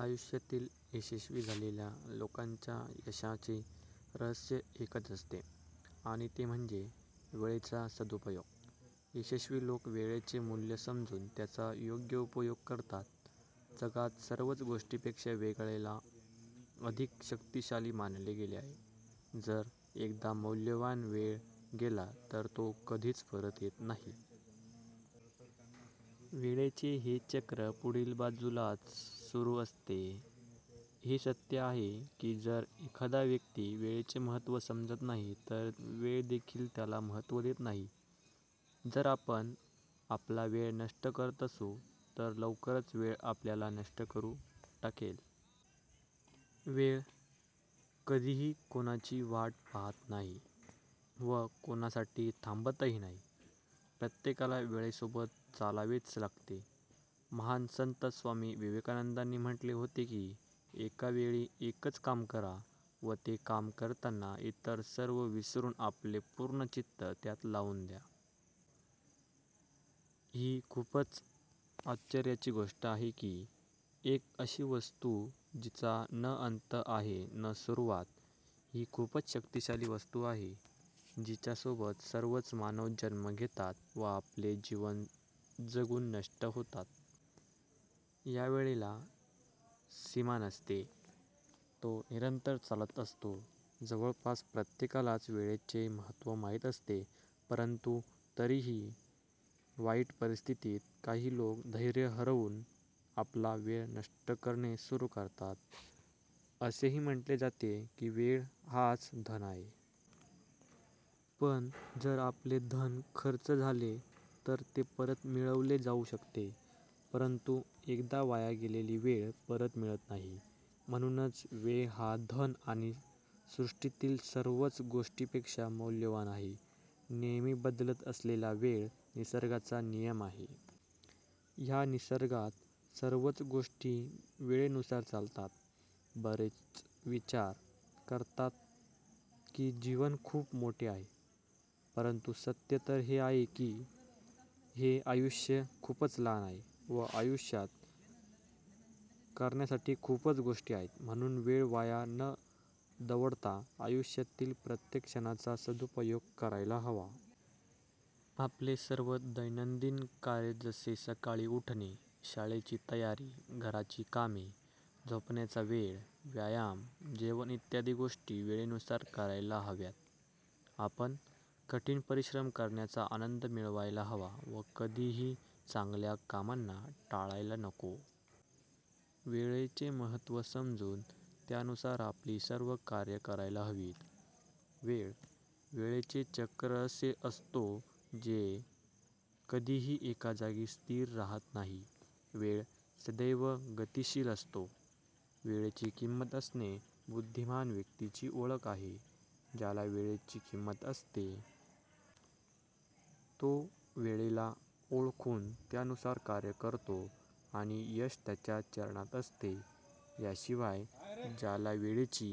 आयुष्यात यशस्वी झालेल्या लोकांच्या यशाचे रहस्य एकच असते आणि ते म्हणजे 'वेळेचा सदुपयोग'. यशस्वी लोक वेळेचे मूल्य समजून त्याचा योग्य उपयोग करतात. जगात सर्वच गोष्टींपेक्षा वेळेला अधिक शक्तीशाली मानले गेले आहे. जर एकदा मौल्यवान वेळ गेला तर तो कधीही परत येत नाही. वेळेचे हे चक्र पुढील बाजूलाच सुरू असते. हे सत्य आहे की जर एखादा व्यक्ती वेळेचे महत्त्व समजत नाही तर वेळ देखील त्याला महत्त्व देत नाही. जर आपण आपला वेळ नष्ट करत असू तर लवकरच वेळ आपल्याला नष्ट करून टाकेल. वेळ कधीही कोणाची वाट पाहत नाही व कोणासाठी थांबतही नाही. प्रत्येकाला वेळेसोबत चालावेच लागते. महान संत स्वामी विवेकानंदांनी म्हटले होते की "एका वेळी एकच काम करा, व ते काम करतांना इतर सर्व विसरून आपले पूर्ण चित्त त्यात लाऊन द्या. " ही खूपच आश्चर्याची गोष्ट आहे की एक अशी वस्तू जीचा न अंत आहे न सुरुवात, ही खूपच शक्तिशाली वस्तू आहे, जिच्या सोबत सर्वच मानव जन्म घेतात व आपले जीवन जगून नष्ट होतात. यावेळेला सीमा नसते, तो निरंतर चालत असतो. जवळपास प्रत्येकालाच वेळेचे महत्त्व माहीत असते परंतु तरीही वाईट परिस्थितीत काही लोक धैर्य हरवून आपला वेळ नष्ट करणे सुरू करतात. असेही म्हटले जाते की वेळ हाच धन आहे. पण जर आपले धन खर्च झाले तर ते परत मिळवले जाऊ शकते. परंतु एकदा वाया गेलेली वेळ परत मिळत नाही. म्हणूनच वेळ हा धन आणि सृष्टीतील सर्वच गोष्टींपेक्षा मौल्यवान आहे. नेहमी बदलत असलेला वेळ निसर्गाचा नियमच आहे. या निसर्गात सर्वच गोष्टी वेळेनुसार चालतात. बरेच विचार करतात की जीवन खूप मोठे आहे, परंतु सत्य तर हे आहे की हे आयुष्य खूपच लहान आहे व आयुष्यात करण्यासाठी खूपच गोष्टी आहेत. म्हणूनच वेळ वाया न दवडता आयुष्यातील प्रत्येक क्षणाचा सदुपयोग करायला हवा. आपले सर्व दैनंदिन कार्य जसे सकाळी उठणे, शाळेची तयारी, घराची कामे, झोपण्याचा वेळ, व्यायाम, जेवण इत्यादी गोष्टी वेळेनुसार करायला हव्यात. आपण कठीण परिश्रम करण्याचा आनंद मिळवायला हवा व कधीही चांगल्या कामांना टाळायला नको. वेळेचे महत्त्व समजून त्यानुसार आपली सर्व कार्य करायला हवीत. वेळ, वेळेचे चक्र असे असतो जे कधीही एका जागी स्थिर राहत नाही. वेळ सदैव गतिशिल असतो. वेळेची किंमत असणे बुद्धिमान व्यक्तीची ओळख आहे. ज्याला वेळेची किंमत असते. तो वेळेला ओळखून त्यानुसार कार्य करतो आणि यश त्याच्या चरणात असते. याशिवाय ज्याला वेळेची